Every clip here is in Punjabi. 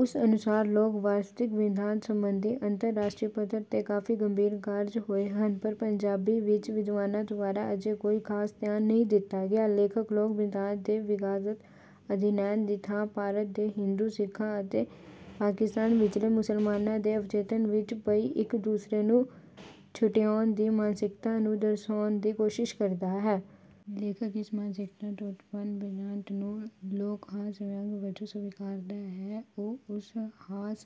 ਉਸ ਅਨੁਸਾਰ ਲੋਕ ਵਾਰਤਕ ਬ੍ਰਿਤਾਂਤ ਸੰਬੰਧੀ ਅੰਤਰ ਰਾਸ਼ਟਰੀ ਪੱਧਰ ਤੇ ਕਾਫ਼ੀ ਗੰਭੀਰ ਕਾਰਜ ਹੋਏ ਹਨ ਪਰ ਪੰਜਾਬੀ ਵਿੱਚ ਵਿਦਵਾਨਾਂ ਦੁਆਰਾ ਅਜੇ ਕੋਈ ਖਾਸ ਧਿਆਨ ਨਹੀਂ ਦਿੱਤਾ ਗਿਆ। ਲੇਖਕ ਲੋਕ ਬ੍ਰਿਤਾਂਤ ਦੇ ਵਿਧਾਗਤ ਅਧਿਐਨ ਦੀ ਥਾਂ ਭਾਰਤ ਦੇ ਹਿੰਦੂ ਸਿੱਖਾਂ ਅਤੇ ਪਾਕਿਸਤਾਨ ਵਿੱਚਲੇ ਮੁਸਲਮਾਨਾਂ ਦੇ ਅਵਚੇਤਨ ਵਿੱਚ ਪਈ ਇੱਕ ਦੂਸਰੇ ਨੂੰ ਛੁਟਿਆਉਣ ਦੀ ਮਾਨਸਿਕਤਾ ਨੂੰ ਦਰਸਾਉਣ ਦੀ ਕੋਸ਼ਿਸ਼ ਕਰਦਾ ਹੈ। ਲੇਖਕ ਇਸ ਮਾਨਸਿਕਤਾ ਤੋਂ ਉਤਪੰਨ ਬ੍ਰਿਤਾਂਤ ਨੂੰ ਲੋਕ ਹਾਸ ਵਿਅੰਗ ਵਜੋਂ ਸਵੀਕਾਰਦਾ ਹੈ। ਉਹ ਉਸ ਹਾਸ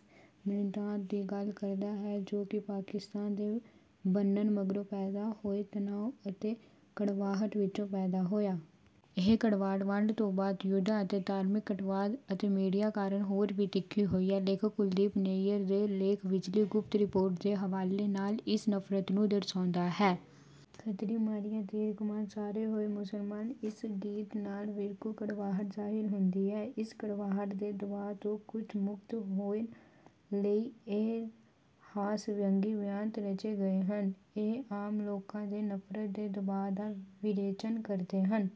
ਬ੍ਰਿਤਾਂਤ ਦੀ ਗੱਲ ਕਰਦਾ ਹੈ ਜੋ ਕਿ ਪਾਕਿਸਤਾਨ ਦੇ ਬਣਨ ਮਗਰੋਂ ਪੈਦਾ ਹੋਏ ਤਨਾਉ ਅਤੇ ਕੜਵਾਹਟ ਵਿੱਚੋਂ ਪੈਦਾ ਹੋਇਆ। ਇਹ ਕੜਵਾਹਟ ਵੰਡ ਤੋਂ ਬਾਅਦ ਯੁੱਧਾਂ ਅਤੇ ਧਾਰਮਿਕ ਕੱਟੜਵਾਦ ਅਤੇ ਮੀਡੀਆ ਕਾਰਨ ਹੋਰ ਵੀ ਤਿੱਖੀ ਹੋਈ ਹੈ। ਲੇਖਕ ਕੁਲਦੀਪ ਨਈਅਰ ਦੇ ਲੇਖ ਵਿੱਚਲੀ ਗੁਪਤ ਰਿਪੋਰਟ ਦੇ ਹਵਾਲੇ ਨਾਲ ਇਸ ਨਫ਼ਰਤ ਨੂੰ ਦਰਸਾਉਂਦਾ ਹੈ। ਖੱਤਰੀਆਂ ਮਾਰਿਆ ਤੀਰ ਕਮਾਨ ਸਾਰੇ ਹੋਏ ਮੁਸਲਮਾਨ ਇਸ ਗੀਤ ਨਾਲ ਫ਼ਿਰਕੂ ਕੜਵਾਹਟ ਜ਼ਾਹਿਰ ਹੁੰਦੀ ਹੈ। ਇਸ ਕੜਵਾਹਟ ਦੇ ਦਬਾਅ ਤੋਂ ਕੁਝ ਮੁਕਤ ਹੋਣ ਲਈ ਇਹ ਹਾਸ ਵਿਅੰਗੀ ਬ੍ਰਿਤਾਂਤ ਰਚੇ ਗਏ ਹਨ। ਇਹ ਆਮ ਲੋਕਾਂ ਦੇ ਨਫ਼ਰਤ ਦੇ ਦਬਾਅ ਦਾ ਵਿਰੇਚਨ ਕਰਦੇ ਹਨ।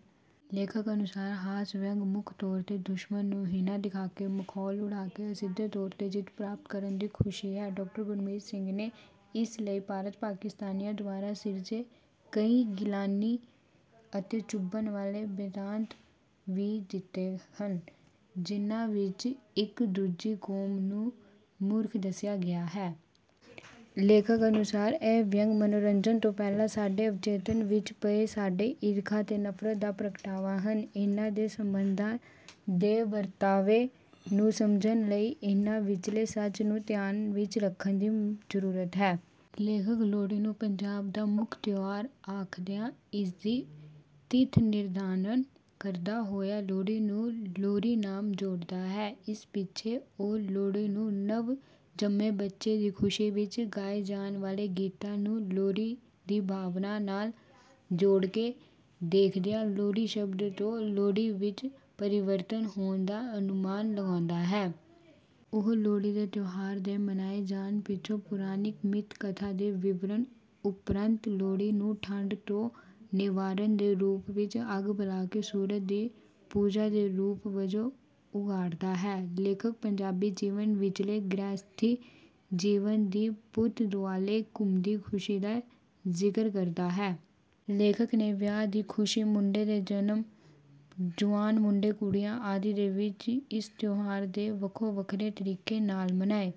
ਲੇਖਕ ਅਨੁਸਾਰ ਹਾਸ ਵਿਅੰਗ ਮੁੱਖ ਤੌਰ ਤੇ ਦੁਸ਼ਮਣ ਨੂੰ ਹੀਣਾ ਦਿਖਾਕੇ ਮਖੌਲ ਉਡਾਕੇ ਅਸਿੱਧੇ ਤੌਰ ਤੇ ਜਿੱਤ ਪ੍ਰਾਪਤ ਕਰਨ ਦੀ ਖੁਸ਼ੀ ਹੈ। ਡਾਕਟਰ ਗੁਰਮੀਤ ਸਿੰਘ ਨੇ ਇਸ ਲਈ ਭਾਰਤ ਪਾਕਿਸਤਾਨੀਆਂ ਦੁਆਰਾ ਸਿਰਜੇ ਕਈ ਗਿਲਾਨੀ ਅਤੇ ਚੁਭਣ ਵਾਲੇ ਬ੍ਰਿਤਾਂਤ ਵੀ ਦਿੱਤੇ ਹਨ ਜਿਨ੍ਹਾਂ ਵਿੱਚ ਇੱਕ ਦੂਜੀ ਕੌਮ ਨੂੰ ਮੂਰਖ ਦੱਸਿਆ ਗਿਆ ਹੈ। ਲੇਖਕ ਅਨੁਸਾਰ ਇਹ ਵਿਅੰਗ ਮਨੋਰੰਜਨ ਤੋਂ ਪਹਿਲਾਂ ਸਾਡੇ ਅਵਚੇਤਨ ਵਿੱਚ ਪਏ ਸਾੜੇ ਈਰਖਾ ਤੇ ਨਫ਼ਰਤ ਦਾ ਪ੍ਰਗਟਾਵਾ ਹਨ। ਇਨ੍ਹਾਂ ਦੇ ਸੰਬੰਧਾਂ ਦੇ ਵਰਤਾਰੇ ਨੂੰ ਸਮਝਣ ਲਈ ਇਨ੍ਹਾਂ ਵਿੱਚਲੇ ਸੱਚ ਨੂੰ ਧਿਆਨ ਵਿੱਚ ਰੱਖਣ ਦੀ ਜ਼ਰੂਰਤ ਹੈ। ਲੇਖਕ ਲੋਹੜੀ ਨੂੰ ਪੰਜਾਬ ਦਾ ਮੁੱਖ ਤਿਉਹਾਰ ਆਖਦਿਆਂ ਇਸਦੀ ਤਿੱਥ ਨਿਰਧਾਰਨ ਕਰਦਾ ਹੋਇਆ ਲੋਹੜੀ ਨੂੰ ਲੋਰੀ ਨਾਲ ਜੋੜਦਾ ਹੈ। ਇਸ ਪਿੱਛੇ ਉਹ ਲੋਹੜੀ ਨੂੰ ਨਵ ਜੰਮੇ ਬੱਚੇ ਦੀ ਖੁਸ਼ੀ ਵਿੱਚ ਗਾਏ ਜਾਣ ਵਾਲੇ ਗੀਤਾਂ ਨੂੰ ਲੋਰੀ ਦੀ ਭਾਵਨਾ ਨਾਲ ਜੋੜਕੇ ਦੇਖਦਿਆਂ ਲੋਰੀ ਸ਼ਬਦ ਤੋਂ ਲੋਹੜੀ ਵਿੱਚ ਪਰਿਵਰਤਨ ਹੋਣ ਦਾ ਅਨੁਮਾਨ ਲਗਾਉਂਦਾ ਹੈ। ਉਹ ਲੋਹੜੀ ਦੇ ਤਿਉਹਾਰ ਦੇ ਮਨਾਏ ਜਾਣ ਪਿੱਛੇ ਪੌਰਾਣਿਕ ਮਿੱਥ ਕਥਾ ਦੇ ਵਿਵਰਣ ਉਪਰੰਤ ਲੋਹੜੀ ਨੂੰ ਠੰਢ ਤੋਂ ਨਿਵਾਰਨ ਦੇ ਰੂਪ ਵਿੱਚ ਅੱਗ ਬਾਲਕੇ ਸੂਰਜ ਦੀ ਪੂਜਾ ਦੇ ਰੂਪ ਵਜੋਂ ਉਘਾੜਦਾ ਹੈ। ਲੇਖਕ ਪੰਜਾਬੀ ਜੀਵਨ ਵਿੱਚਲੇ ਗ੍ਰਹਿਸਥੀ ਜੀਵਨ ਦੀ ਪੁੱਤ ਦੁਆਲੇ ਘੁੰਮਦੀ ਖੁਸ਼ੀ ਦਾ ਜ਼ਿਕਰ ਕਰਦਾ ਹੈ। ਲੇਖਕ ਨੇ ਵਿਆਹ ਦੀ ਖੁਸ਼ੀ ਮੁੰਡੇ ਦੇ ਜਨਮ ਜੁਆਨ ਮੁੰਡੇ ਕੁੜੀਆਂ ਆਦਿ ਦੇ ਵਿੱਚ ਇਸ ਤਿਉਹਾਰ ਦੇ ਵੱਖੋ ਵੱਖਰੇ ਤਰੀਕੇ ਨਾਲ ਮਨਾਏ